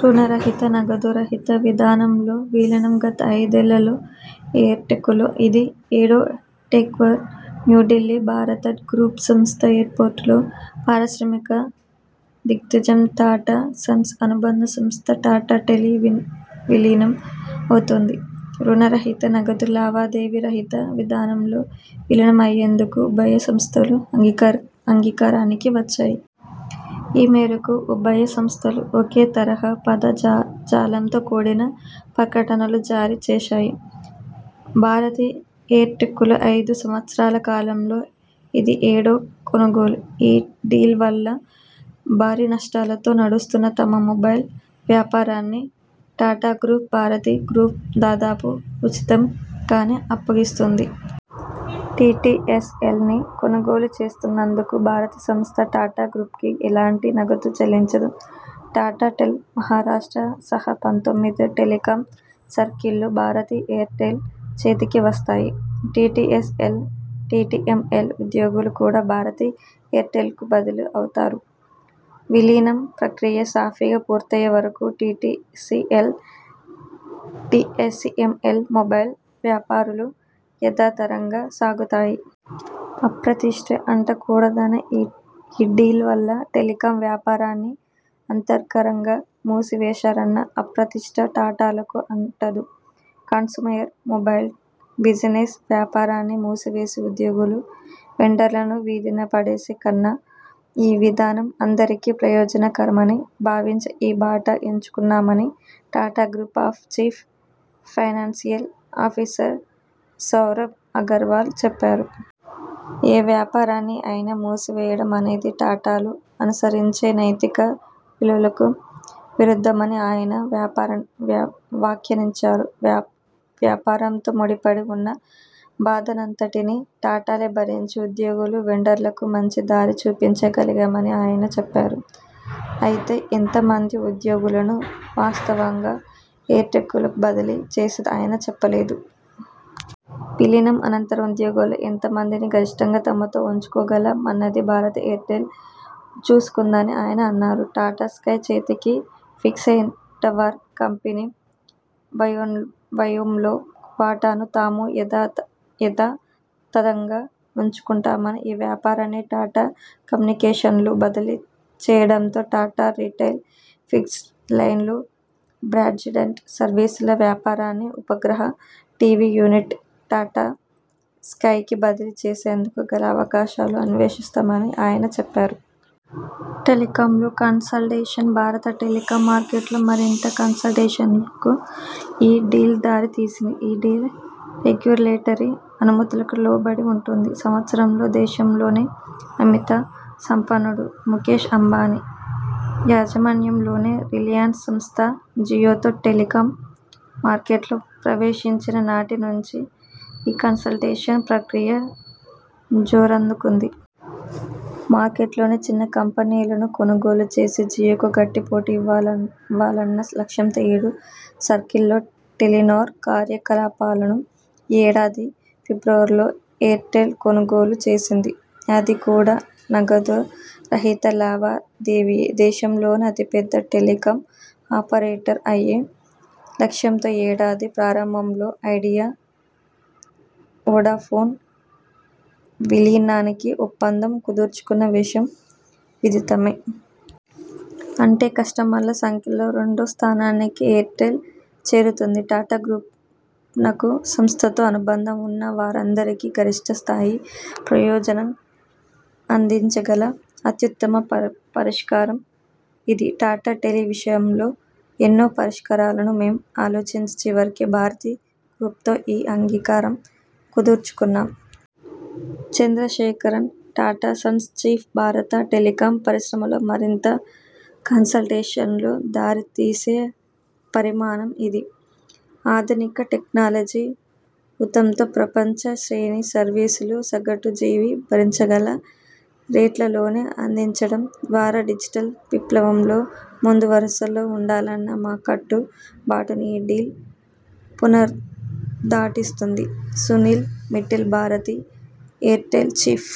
రుణ రహిత, నగదు రహిత విధానంలో విలీనం గత ఐదేళ్లలో ఎయిర్టెల్కు ఇది ఏడో న్యూ ఢిల్లీ భారతి గ్రూప్ సంస్థ ఎయిర్ పోర్ట్ లో పారిశ్రామిక దిగ్గజం టాటా సన్స్ అనుబంధ సంస్థ టాటా టెలి విలీనం అవుతోంది. రుణ రహిత, నగదు లావాదేవీ రహిత విధానంలో విలీనం అయ్యేందుకు ఉభయ సంస్థలు అంగీకారానికి వచ్చాయి. ఈ మేరకు ఉభయ సంస్థలు ఒకే తరహా పద జాలంతో కూడిన ప్రకటనలు జారీ చేశాయి. భారతి ఎయిర్టెల్కు ఐదు సంవత్సరాల కాలంలో ఇది ఏడో కొనుగోలు. ఈ డీల్ వల్ల భారీ నష్టాలతో నడుస్తున్న తమ మొబైల్ వ్యాపారాన్ని టాటా గ్రూప్, భారతి గ్రూప్కు దాదాపు ఉచితం గానే అప్పగిస్తోంది. టిటిఎస్ఎల్ను కొనుగోలు చేస్తున్నందుకు భారతి సంస్థ టాటా గ్రూప్కి ఎలాంటి నగదు చెల్లించదు. టాటా టెలి మహారాష్ట్ర సహా పంతొమ్మిది టెలికాం సర్కిళ్లు భారతి ఎయిర్టెల్ చేతికి వస్తాయి. టిటిఎస్ఎల్, టిటిఎంఎల్ ఉద్యోగులు కూడా భారతి ఎయిర్టెల్కు బదిలీ అవుతారు. విలీనం ప్రక్రియ సాఫీగా పూర్తయ్యే వరకు టిటిఎ్సఎల్, టిఎ్సఎంఎల్ మొబైల్ వ్యాపారాలు యథాతథంగా సాగుతాయి. అప్రతిష్ఠ అంటకూడదనే ఈ డీల్ వల్ల టెలికాం వ్యాపారాన్ని అర్ధంతరంగా మూసివేశారన్న అప్రతిష్ఠ టాటాలకు అంటదు. కన్స్యూమర్ మొబైల్ బిజినెస్ వ్యాపారాన్ని మూసివేసి ఉద్యోగులు, వెండర్లను వీధిన పడేసే కన్నా ఈ విధానం అందరికీ ప్రయోజన కరమని భావించే ఈ బాట ఎంచుకున్నామని Tata group chief financial officer Saurabh Agarwal చెప్పారు. ఏ వ్యాపారాన్ని అయినా మూసివేయడం అనేది టాటాలు అనుసరించే నైతిక విలువలకు విరుద్ధమని ఆయన వ్యాఖ్యానించారు. వ్యాపారంతో ముడిపడి ఉన్న బాధనంతటినీ టాటాలే భరించి ఉద్యోగులు, వెండర్లకు మంచి దారి చూపించ గలిగామని ఆయన చెప్పారు. అయితే ఎంత మంది ఉద్యోగులను వాస్తవంగా ఎయిర్టెల్కు బదిలీ చేసేది ఆయన చెప్పలేదు. విలీనం అనంతరం ఉద్యోగుల్లో ఎంత మందిని గరిష్ఠంగా తమతో ఉంచుకోగల మన్నది భారతి ఎయిర్టెల్ చూసుకుందని ఆయన అన్నారు. టాటా స్కై చేతికి ఫిక్స్డ్లైన్టవర్ కంపెనీ వయోమ్లో వాటాను తాము యథాతథంగా ఉంచుకుంటామని, ఈ వ్యాపారాన్ని టాటా కమ్యూనికేషన్స్కు బదిలీ చేయడంతో పాటు రిటైల్ ఫిక్స్డ్ లైన్లు, బ్రాడ్బ్యాండ్ సర్వీసుల వ్యాపారాన్ని ఉపగ్రహ టివి యూనిట్ టాటా స్కైకి బదిలీ చేసేందుకు గల అవకాశాలు అన్వేషిస్తామని ఆయన చెప్పారు. టెలికాంలో కన్సాలిడేషన్ బారత టెలికాం మార్కెట్లో మరింత కన్సాలిడేషన్కు ఈ డీల్ దారి తీస్తుంది. ఈ డీల్ రెగ్యులేటరీ అనుమతులకు లోబడి ఉంటుంది. సంవత్సరంలో దేశంలోనే అమిత సంపన్నుడు ముకేశ్ అంబానీ యాజమాన్యంలోని రిలయన్స్ సంస్థ జియోతో టెలికాం మార్కెట్లో ప్రవేశించిన నాటి నుంచి ఈ కన్సాలిడేషన్ ప్రక్రియ జోరందుకుంది. మార్కెట్లోని చిన్న కంపెనీలను కొనుగోలు చేసి జియోకు గట్టి పోటీ ఇవ్వాలన్న లక్ష్యంతో ఏడు సర్కిళ్లలో టెలినార్ కార్యకలాపాలను ఈ ఏడాది ఫిబ్రవరిలో ఎయిర్టెల్ కొనుగోలు చేసింది. అది కూడా నగదు రహిత లావాదేవీయే. దేశంలోనే అతి పెద్ద టెలికాం ఆపరేటర్ అయ్యే లక్ష్యంతో ఈ ఏడాది ప్రారంభంలో ఐడియా, వొడాఫోన్ విలీనానికి ఒప్పందం కుదుర్చుకున్న విషయం విదితమే. అంటే కస్టమర్ల సంఖ్యలో రెండో స్థానానికి ఎయిర్టెల్ చేరుతుంది. టాటా గ్రూప్నకు, సంస్థతో అనుబంధం ఉన్న వారందరికీ గరిష్ఠ స్థాయి ప్రయోజనం అందించగల అత్యుత్తమ పరిష్కారం ఇది. టాటా టెలి విషయంలో ఎన్నో పరిష్కారాలను మేం ఆలోచించి చివరికి భారతి గ్రూప్తో ఈ అంగీకారం కుదుర్చుకున్నాం. చంద్రశేఖరన్, టాటా సన్స్ చీఫ్ భారత టెలికాం పరిశ్రమలో మరింత కన్సాలిడేషన్కు దారి తీసే పరిణామం ఇది. ఆధునిక టెక్నాలజీ ఊతంతో ప్రపంచ శ్రేణి సర్వీసులు సగటు జీవి భరించగల రేట్లలోనే అందించడం ద్వారాడిజిటల్ విప్లవంలో ముందు వరుసలో ఉండాలన్న మా కట్టు బాటును ఈ డీల్ పునరుద్ఘాటిస్తుంది. Sunil Mittal, Bharti Airtel chief